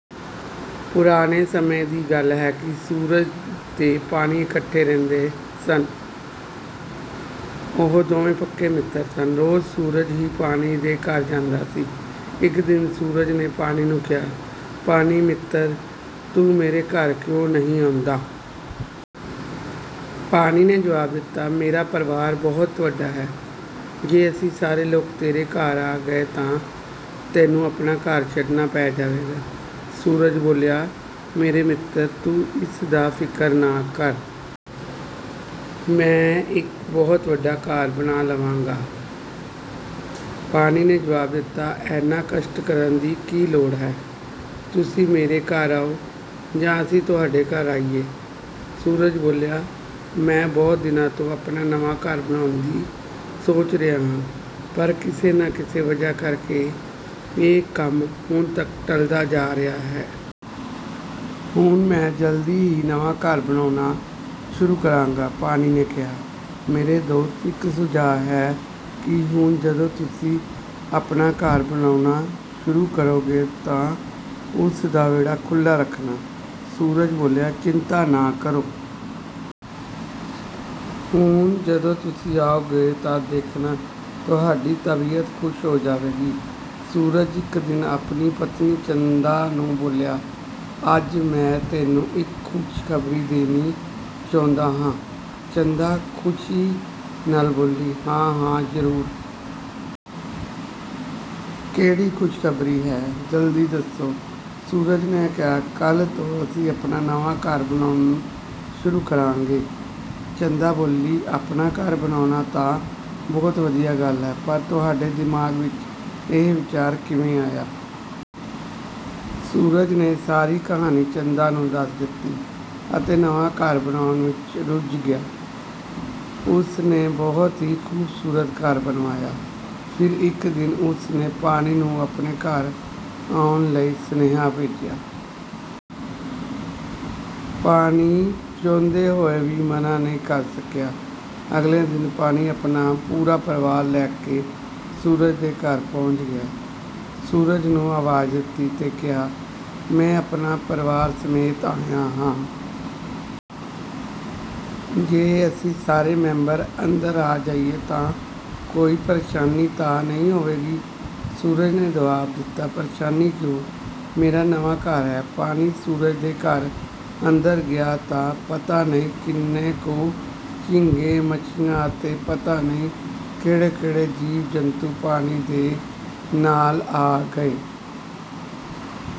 ਪੁਰਾਣੇ ਸਮੇਂ ਦੀ ਗੱਲ ਹੈ ਕਿ ਸੂਰਜ ਤੇ ਪਾਣੀ ਇਕੱਠੇ ਰਹਿੰਦੇ ਸਨ। ਉਹ ਦੋਵੇਂ ਪੱਕੇ ਮਿੱਤਰ ਸਨ। ਰੋਜ਼ ਸੂਰਜ ਹੀ ਪਾਣੀ ਦੇ ਘਰ ਜਾਂਦਾ ਸੀ। ਇੱਕ ਦਿਨ ਸੂਰਜ ਨੇ ਪਾਣੀ ਨੂੰ ਕਿਹਾ, “ਪਾਣੀ ਮਿੱਤਰ, ਤੂੰ ਮੇਰੇ ਘਰ ਕਿਉਂ ਨਹੀਂ ਆਉਂਦਾ?” ਪਾਣੀ ਨੇ ਜਵਾਬ ਦਿੱਤਾ, “ਮੇਰਾ ਪਰਿਵਾਰ ਬਹੁਤ ਵੱਡਾ ਹੈ। ਜੇ ਅਸੀਂ ਸਾਰੇ ਲੋਕ ਤੇਰੇ ਘਰ ਆ ਗਏ ਤਾਂ ਤੈਨੂੰ ਆਪਣਾ ਘਰ ਛੱਡਣਾ ਪੈ ਜਾਵੇਗਾ।” ਸੂਰਜ ਬੋਲਿਆ, “ਮੇਰੇ ਮਿੱਤਰ, ਤੂੰ ਇਸ ਦੀ ਫ਼ਿਕਰ ਨਾ ਕਰ। ਮੈਂ ਇੱਕ ਬਹੁਤ ਵੱਡਾ ਘਰ ਬਣਾ ਲਵਾਂਗਾ।” ਪਾਣੀ ਨੇ ਜਵਾਬ ਦਿੱਤਾ, “ਐਨਾ ਕਸ਼ਟ ਕਰਨ ਦੀ ਕੀ ਲੋੜ ਹੈ? ਤੁਸੀਂ ਮੇਰੇ ਘਰ ਆਓ ਜਾਂ ਅਸੀਂ ਤੁਹਾਡੇ ਘਰ ਆਈਏ?” 'ਸੂਰਜ ਬੋਲਿਆ, “ਮੈਂ ਬਹੁਤ ਦਿਨਾਂ ਤੋਂ ਆਪਣਾ ਨਵਾਂ ਘਰ ਬਣਾਉਣ ਦੀ ਸੋਚ ਰਿਹਾ ਹਾਂ, ਪਰ ਕਿਸੇ ਨਾ ਕਿਸੇ ਵਜ੍ਹਾ ਕਰਕੇ ਇਹ ਕੰਮ ਹੁਣ ਤੱਕ ਟਲਦਾ ਜਾ ਰਿਹਾ ਹੈ। ਹੁਣ ਮੈਂ ਜਲਦੀ ਹੀ ਨਵਾਂ ਘਰ ਬਣਾਉਣਾ ਸ਼ੁਰੂ ਕਰਾਂਗਾ।'' ਪਾਣੀ ਨੇ ਕਿਹਾ, “ਮੇਰੇ ਦੋਸਤ, ਇੱਕ ਸੁਝਾਅ ਹੈ ਕਿ ਹੁਣ ਜਦੋਂ ਤੁਸੀਂ ਆਪਣਾ ਘਰ ਬਣਾਉਣਾ ਸ਼ੁਰੂ ਕਰੋਗੇ ਤਾਂ ਉਸ ਦਾ ਵਿਹੜਾ ਖੁੱਲ੍ਹਾ ਰੱਖਣਾ।” ਸੂਰਜ ਬੋਲਿਆ, “ਚਿੰਤਾ ਨਾ ਕਰੋ। ਹੁਣ ਜਦੋਂ ਤੁਸੀਂ ਆਓਗੇ ਤਾਂ ਦੇਖਣਾ, ਤੁਹਾਡੀ ਤਬੀਅਤ ਖ਼ੁਸ਼ ਹੋ ਜਾਵੇਗੀ।' ਸੂਰਜ ਇੱਕ ਦਿਨ ਆਪਣੀ ਪਤਨੀ ਚੰਦਾ ਨੂੰ ਬੋਲਿਆ, “ਅੱਜ ਮੈਂ ਤੈਨੂੰ ਇੱਕ ਖ਼ੁਸ਼ਖ਼ਬਰੀ ਦੇਣੀ ਚਾਹੁੰਦਾ ਹਾਂ।” ਚੰਦਾ ਖ਼ੁਸ਼ੀ ਨਾਲ ਬੋਲੀ, “ਹਾਂ-ਹਾਂ, ਜ਼ਰੂਰ! ਕਿਹੜੀ ਖ਼ੁਸ਼ਖ਼ਬਰੀ ਹੈ? ਜਲਦੀ ਦੱਸੋ।” ਸੂਰਜ ਨੇ ਕਿਹਾ ''ਕੱਲ੍ਹ ਤੋਂ ਅਸੀਂ ਆਪਣਾ ਨਵਾਂ ਘਰ ਬਣਾਉਣਾ ਸ਼ੁਰੂ ਕਰਾਂਗੇ। '' ਚੰਦਾ ਬੋਲੀ, “ਆਪਣਾ ਘਰ ਬਣਾਉਣਾ ਤਾਂ ਬਹੁਤ ਵਧੀਆ ਗੱਲ ਹੈ, ਪਰ ਤੁਹਾਡੇ ਦਿਮਾਗ਼ ਵਿੱਚ ਇਹ ਵਿਚਾਰ ਕਿਵੇਂ ਆਇਆ? ਸੂਰਜ ਨੇ ਸਾਰੀ ਕਹਾਣੀ ਚੰਦਾ ਨੂੰ ਦੱਸ ਦਿੱਤੀ ਅਤੇ ਨਵਾਂ ਘਰ ਬਣਾਉਣ ਵਿੱਚ ਰੁੱਝ ਗਿਆ। ਉਸ ਨੇ ਬਹੁਤ ਹੀ ਖ਼ੂਬਸੂਰਤ ਘਰ ਬਣਵਾਇਆ। ਫਿਰ ਇੱਕ ਦਿਨ ਉਸ ਨੇ ਪਾਣੀ ਨੂੰ ਆਪਣੇ ਘਰ ਆਉਣ ਲਈ ਸੁਨੇਹਾ ਭੇਜਿਆ। ਪਾਣੀ ਚਾਹੁੰਦੇ ਹੋਏ ਵੀ ਮਨ੍ਹਾਂ ਨਹੀਂ ਕਰ ਸਕਿਆ। ਅਗਲੇ ਦਿਨ ਪਾਣੀ ਆਪਣਾ ਪੂਰਾ ਪਰਿਵਾਰ ਲੈ ਕੇ ਸੂਰਜ ਦੇ ਘਰ ਪਹੁੰਚ ਗਿਆ। ਸੂਰਜ ਨੂੰ ਆਵਾਜ਼ ਦਿੱਤੀ ਤੇ ਕਿਹਾ, “ਮੈਂ ਆਪਣੇ ਪਰਿਵਾਰ ਸਮੇਤ ਆਇਆ ਹਾਂ। ਜੇ ਅਸੀਂ ਸਾਰੇ ਮੈਂਬਰ ਅੰਦਰ ਆ ਜਾਈਏ ਤਾਂ ਕੋਈ ਪ੍ਰੇਸ਼ਾਨੀ ਤਾਂ ਨਹੀਂ ਹੋਵੇਗੀ?” ਸੂਰਜ ਨੇ ਜਵਾਬ ਦਿੱਤਾ, ''ਪ੍ਰੇਸ਼ਾਨੀ ਕਿਉਂ? ਮੇਰਾ ਨਵਾਂ ਘਰ ਹੈ। ਪਾਣੀ ਸੂਰਜ ਦੇ ਘਰ ਅੰਦਰ ਗਿਆ ਤਾਂ ਪਤਾ ਨਹੀਂ ਕਿੰਨੇ ਕੁ ਝੀਂਗੇ, ਮੱਛੀਆਂ ਅਤੇ ਪਤਾ ਨਹੀਂ ਕਿਹੜੇ-ਕਿਹੜੇ ਜੀਵ-ਜੰਤੂ ਪਾਣੀ ਦੇ ਨਾਲ ਆ ਗਏ।